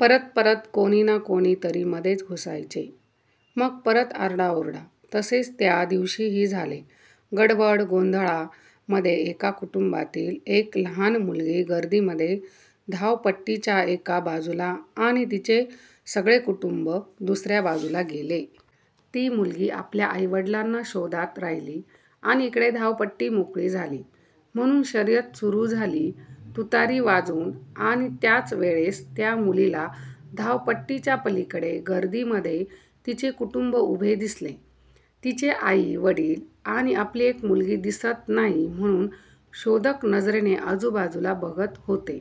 परत परत कोणी ना कोणी तरी मधेच घुसायचे मग परत आरडा ओरडा. तसेच त्या दिवशीही झाले. गडबड गोंधळा मध्ये एका कुटुंबातील एक लहान मुलगी गर्दी मध्ये धावपट्टी च्या एका बाजूला आणि तिचे सगळे कुटुंब दुसऱ्या बाजूला गेले. ती मुलगी आपल्या आई वडिलांना शोधात राहिली आणि इकडे धावपट्टी मोकळी झाली म्हणून शर्यंत सुरु झाली तुतारी वाजवून. आणि त्याच वेळेस त्या मुलीला धावपट्टीच्या पलीकडे गर्दी मध्ये तिचे कुटुंब उभे दिसले. तिचे आई वडील पण आपली एक मुलगी दिसत नाही म्हणून शोधक नजरेने आजूबाजूला बघत होते.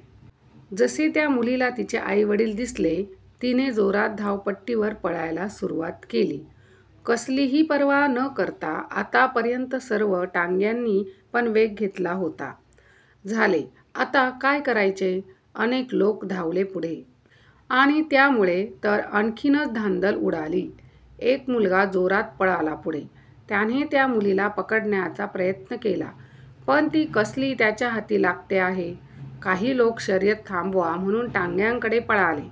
जसे त्या मुलीला तिचे आईवडील दिसले तिने जोरात धावपट्टी वर पळायला सुरुवात केली कसलीही पर्वा न करता, आता पर्यंत सर्व टांग्यानी पण वेग घेतला होता. झाले. आता काय करायचे. अनेक लोकं धावले पुढे. आणि त्यामुळे तर आणिखीनच धांदल उडाली. एक मुलगा जोरात पळाला पुढे. त्याने त्या मुलीला पकडण्याचा प्रयत्न केला. पण ती कसली त्याच्या हाती लागते आहे. काही लोक शर्यत थांबवा म्हणून टांग्यांकडे पळाले.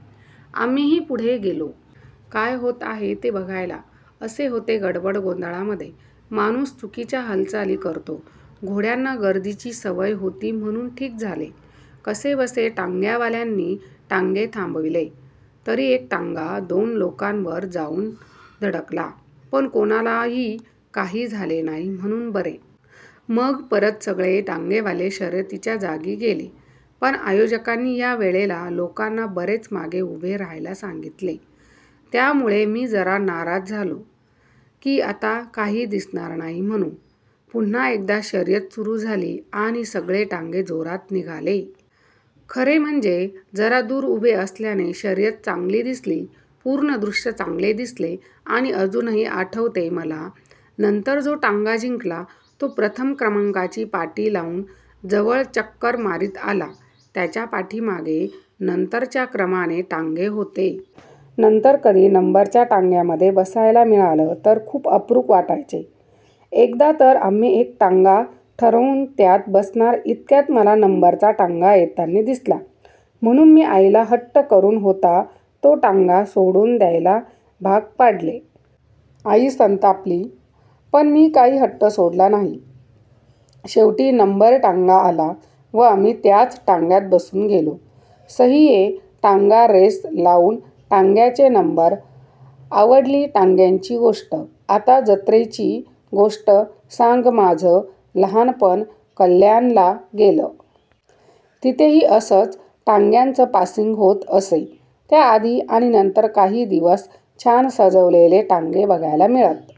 आम्हीहि पुढे गेलो. काय होते आहे ते बघायला. असे होते गडबड गोधळामध्ये. माणूस चुकीच्या हालचाली करतो. घोड्यांना गर्दीची सवय होती म्हणून ठीक झाले. कसेबसे टांग्या वाल्यांनी टांगे थांबविले. तरी एक टांगा दोन लोकांवर जाऊन धडकला पण कोणालाही काही झाले नाही म्हणून बरे. मग परत सगळे टांगेवाले शर्यतीच्या जागी गेले. पण आयोजकांनी या वेळेला लोकांना बरेच मागे उभे राहायला सांगितले. त्या मुळे मी जरा नाराज झाले कि आता काही दिसणार नाही म्हणून. पुन्हा एकदा शर्यत सुरु झाली आणि सगळे टांगे जोरात निघाले. खरे म्हणजे जरा दूर उभे असल्याने शर्यत चांगली दिसली. पूर्ण दृश्य चांगले दिसले आणि अजूनही आठवते मला. नंतर जो टांगा जिंकला तो प्रथम क्रमांकाची पाटी लावून जवळ चक्कर मारीत आला. त्याच्या पाठीमागे नंतरच्या क्रमाने टांगे होते. नंतर कधी नंबरच्या टांग्यामध्ये बसायला मिळालं तर खूप अप्रूप वाटायचे. एकदा तर आम्ही एक टांगा ठरवून त्यात बसणार इतक्यात मला नंबरचा टांगा येताना दिसला म्हणून मी आईला हट्ट करून होता तो टांगा सोडून द्यायला भाग पाडले. आई संतांपली पण मी काही हट्ट सोडला नाही. शेवटी नंबर टांगा आला व आम्ही त्याच टांग्यात बसून गेलो. सहिये टांगा रेस लावून टांग्यांचे नंबर.. आवडली टांग्याची गोष्ट, आता जत्रेची गोष्ट सांगमाझं लहानपण कल्याणला गेलं. तिथेही असंच टांग्यांचं पासिंग होत असे. त्याआधी आणि नंतर काही दिवस छान सजवलेले टांगे बघायला मिळत.